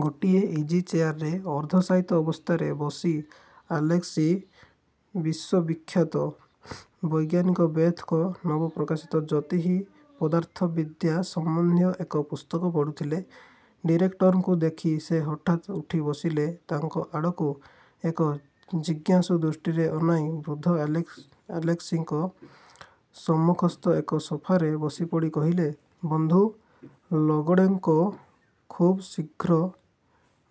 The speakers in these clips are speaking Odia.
ଗୋଟିଏ ଇଜିଚେୟାରରେ ଅର୍ଦ୍ଧଶାୟିତ ଅବସ୍ଥାରେ ବସି ଆଲେସ୍କି ବିଶ୍ୱବିଖ୍ୟାତ ବୈଜ୍ଞାନିକ ବେଥେଙ୍କ ନବ ପ୍ରକାଶିତ ଜ୍ୟୋତିଃ-ପଦାର୍ଥବିଦ୍ୟା ସମ୍ୱନ୍ଧୀୟ ଏକ ପୁସ୍ତକ ପଢ଼ୁଥିଲେ। ଡିରେକ୍ଟରଙ୍କୁ ଦେଖି ସେ ହଠାତ୍ ଉଠି ବସିଲେ। ତାଙ୍କ ଆଡ଼କୁ ଏକ ଜିଜ୍ଞାସୁ ଦୃଷ୍ଟିରେ ଅନାଇ, ବୃଦ୍ଧ ଆଲେସ୍କିଙ୍କ ସମ୍ମୁଖସ୍ଥ ଏକ ସୋଫାରେ ବସିପଡ଼ି କହିଲେ, ''ବନ୍ଧୁ ଲୋଗୋଡ଼େଙ୍କୋ ଖୁବ୍ ଶୀଘ୍ର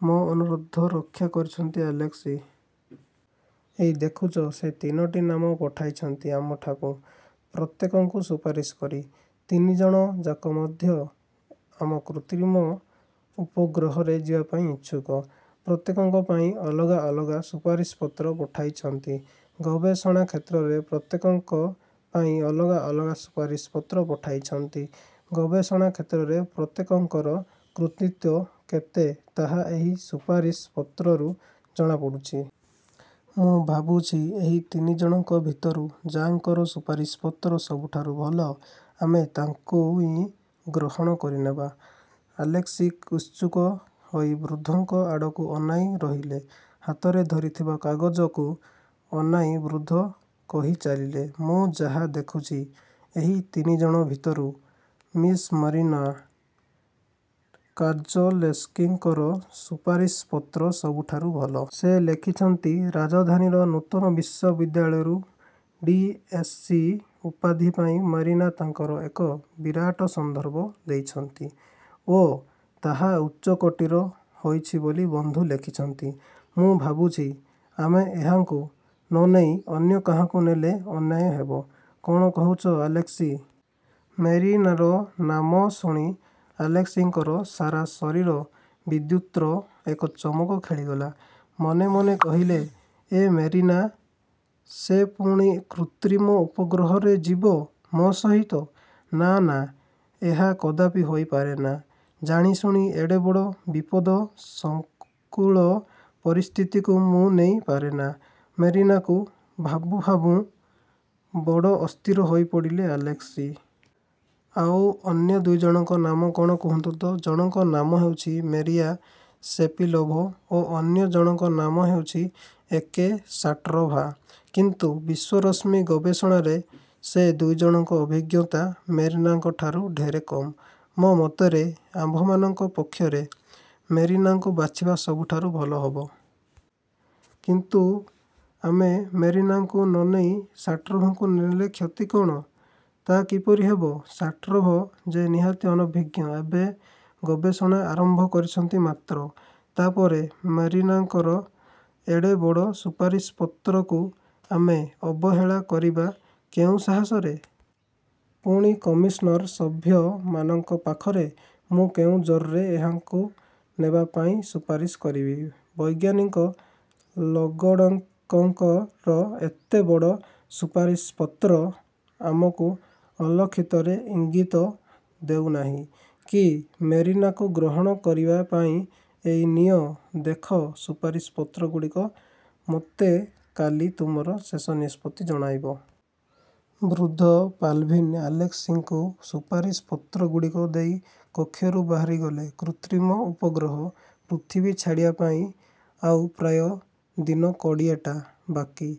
ମୋ ଅନୁରୋଧ ରକ୍ଷା କରିଛନ୍ତି ଆଲେସ୍କି! ଏଇ ଦେଖୁଛ, ସେ ତିନୋଟି ନାମ ପଠାଇଛନ୍ତି ଆମଠାକୁ ପ୍ରତ୍ୟେକଙ୍କୁ ସୁପାରିଶ କରି। ତିନିଜଣ ଯାକ ମଧ୍ୟ ଆମ କୃତ୍ରିମ ଉପଗ୍ରହରେ ଯିବାପାଇଁ ଇଛୁକ। ପ୍ରତ୍ୟେକଙ୍କ ପାଇଁ ଅଲଗା ଅଲଗା ସୁପାରିଶପତ୍ର ପଠାଇଛନ୍ତି। ଗବେଷଣା କ୍ଷେତ୍ରରେ ପ୍ରତ୍ୟେକଙ୍କ ପାଇଁ ଅଲଗା ଅଲଗା ସୁପାରିଶପତ୍ର ପଠାଇଛନ୍ତି। ଗବେଷଣା କ୍ଷେତ୍ରରେ ପ୍ରତ୍ୟେକଙ୍କର କୃତିତ୍ୱ କେତେ ତାହା ଏହି ସୁପାରିଶପତ୍ରରୁ ଜଣାପଡ଼ୁଛି। ମୁଁ ଭାବୁଛି, ଏଇ ତିନିଜଣଙ୍କ ଭିତରୁ ଯା'ଙ୍କର ସୁପାରିଶପତ୍ର ସବୁଠାରୁ ଭଲ, ଆମେ ତାଙ୍କୁଇ ଗ୍ରହଣ କରିନେବା। '' ଆଲେସ୍କି ଉତ୍ସୁକ ହୋଇ ବୃଦ୍ଧଙ୍କ ଆଡ଼କୁ ଅନାଇ ରହିଲେ। ହାତରେ ଧରିଥିବା କାଗଜକୁ ଅନାଇ ବୃଦ୍ଧ କହିଚାଲିଲେ, ''ମୁଁ ଯାହା ଦେଖୁଛି ଏହି ତିନିଜଣଙ୍କ ଭିତରୁ ମିସ୍ ମେରିନା କୋଜେଲେସ୍କିଙ୍କର ସୁପାରିଶପତ୍ର ସବୁଠାରୁ ଭଲ। ସେ ଲେଖିଛନ୍ତି ରାଜଧାନୀର ନୂତନ ବିଶ୍ୱବିଦ୍ୟାଳୟରୁ ଡି. ଏସସି. ଉପାଧି ପାଇଁ ମେରିନା ତାଙ୍କର ଏକ ବିରାଟ ସନ୍ଦର୍ଭ ଦେଇଛନ୍ତି ଓ ତାହା ଉଚ୍ଚକୋଟୀର ହୋଇଛି ବୋଲି ବନ୍ଧୁ ଲେଖିଛନ୍ତି। ମୁଁ ଭାବୁଛି, ଆମେ ଏହାଙ୍କୁ ନ ନେଇ ଅନ୍ୟକାହାକୁ ନେଲେ ଅନ୍ୟାୟ ହେବ। କ'ଣ କହୁଛ ଆଲେସ୍କି? '' ମେରିନାର ନାମ ଶୁଣି ଆଲେସ୍କିଙ୍କର ସାରା ଶରୀରରେ ବିଦ୍ୟୁତ୍ର ଏକ ଚମକ ଖେଳିଗଲା। ମନେ ମନେ କହିଲେ, ''ଏଁ ମେରିନା? ସେ ପୁଣି ଏଇ କୃତ୍ରିମ ଉପଗ୍ରହରେ ଯିବ, ମୋ ସହିତ? ନା, ନା, ଏହା କଦାପି ହୋଇ ପାରେନା। ଜାଣିଶୁଣି ଏଡ଼େ ବଡ଼ ବିପଦ-ସଂକୁଳ ପରିସ୍ଥିତିକୁ ମୁଁ ନେଇ ପାରେନା ମେରିନାକୁ''–ଭାବୁଁ ଭାବୁଁ ବଡ଼ ଅସ୍ଥିର ହୋଇପଡ଼ିଲେ ଆଲେସ୍କି। ''ଆଉ ଅନ୍ୟ ଦୁଇଜଣଙ୍କ ନାମ କ'ଣ କହନ୍ତୁ ତ? '' ''ଜଣକ ନାମ ହେଉଛି ମେରିଆ ସେପିଲୋଭ ଓ ଅନ୍ୟ ଜଣକ ନାମ ହେଉଛି ଏ. କେ. ଶାଟ୍ରୋଭ। କିନ୍ତୁ ବିଶ୍ୱରଶ୍ମି ଗବେଷଣାରେ ସେ ଦୁଇଜଣଙ୍କ ଅଭିଜ୍ଞତା ମେରିନାଙ୍କଠାରୁ ଢେର୍ କମ୍। ମୋ ମତରେ ଆମ୍ଭମାନଙ୍କ ପକ୍ଷରେ ମେରିନାଙ୍କୁ ବାଛିବା ସବୁଠାରୁ ଭଲ ହେବ। '' ''କିନ୍ତୁ ଆମେ ମେରିନାଙ୍କୁ ନ ନେଇ ଶାଟ୍ରୋଭଙ୍କୁ ନେଲେ କ୍ଷତି କଅଣ? '' ''ତା କିପରି ହେବ? ଶାଟ୍ରୋଭ ଯେ ନିହାତି ଅନଭିଜ୍ଞ; ଏବେ ଗବେଷଣା ଆରମ୍ଭ କରିଛି ମାତ୍ର। ତା'ପରେ ମେରିନାଙ୍କର ଏଡ଼େ ବଡ଼ ସୁପାରିଶପତ୍ରକୁ ଆମେ ଅବହେଳା କରିବା କେଉଁ ସାହସରେ? ପୁଣି କମିଶନ୍ର ସଭ୍ୟମାନଙ୍କ ପାଖରେ ମୁଁ କେଉଁ ଜୋର୍ରେ ଏହାଙ୍କୁ ନେବା ପାଇଁ ସୁପାରିଶ କରିବି? ବୈଜ୍ଞାନିକ ଲୋଗୋଡ଼େଙ୍କୋଙ୍କର ଏତେ ବଡ଼ ସୁପାରିଶପତ୍ର ଆମକୁ ଅଲକ୍ଷିତରେ ଇଙ୍ଗିତ ଦେଉନାହିଁ କି ମେରିନାକୁ ଗ୍ରହଣ କରିବା ପାଇଁ? ଏଇ ନିଅ, ଦେଖ ସୁପାରିଶପତ୍ରଗୁଡ଼ିକ। ମୋତେ କାଲି ତୁମର ଶେଷ ନିଷ୍ପତ୍ତି ଜଣାଇବ। '' ବୃଦ୍ଧ ପାଲାଭିନ୍ ଆଲେସ୍କିଙ୍କୁ ସୁପାରିଶପତ୍ରଗୁଡ଼ିକ ଦେଇ କକ୍ଷରୁ ବାହାରିଗଲେ। କୃତ୍ରିମ ଉପଗ୍ରହ ପୃଥିବୀ ଛାଡ଼ିବା ପାଇଁ ଆଉ ପ୍ରାୟ ଦିନ କୋଡ଼ିଏଟା ବାକି।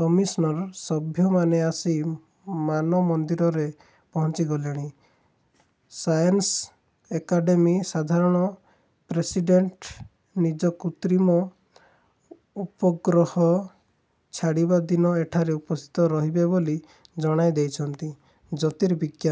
କମିଶନ୍ର ସଭ୍ୟମାନେ ଆସି ମାନମନ୍ଦିରରେ ପହଞ୍ଚିଗଲେଣି। ସାଏନ୍ସ ଏକାଡ଼େମୀରେ ସାଧାରଣ ପ୍ରେସିଡ଼େଣ୍ଟ ନିଜେ କୃତ୍ରିମ ଉପଗ୍ରହ ଛାଡ଼ିବା ଦିନ ଏଠାରେ ଉପସ୍ଥିତ ରହିବେ ବୋଲି ଜଣାଇ ଦେଇଛନ୍ତି। ଜ୍ୟୋତିର୍ବିଜ୍ଞାନ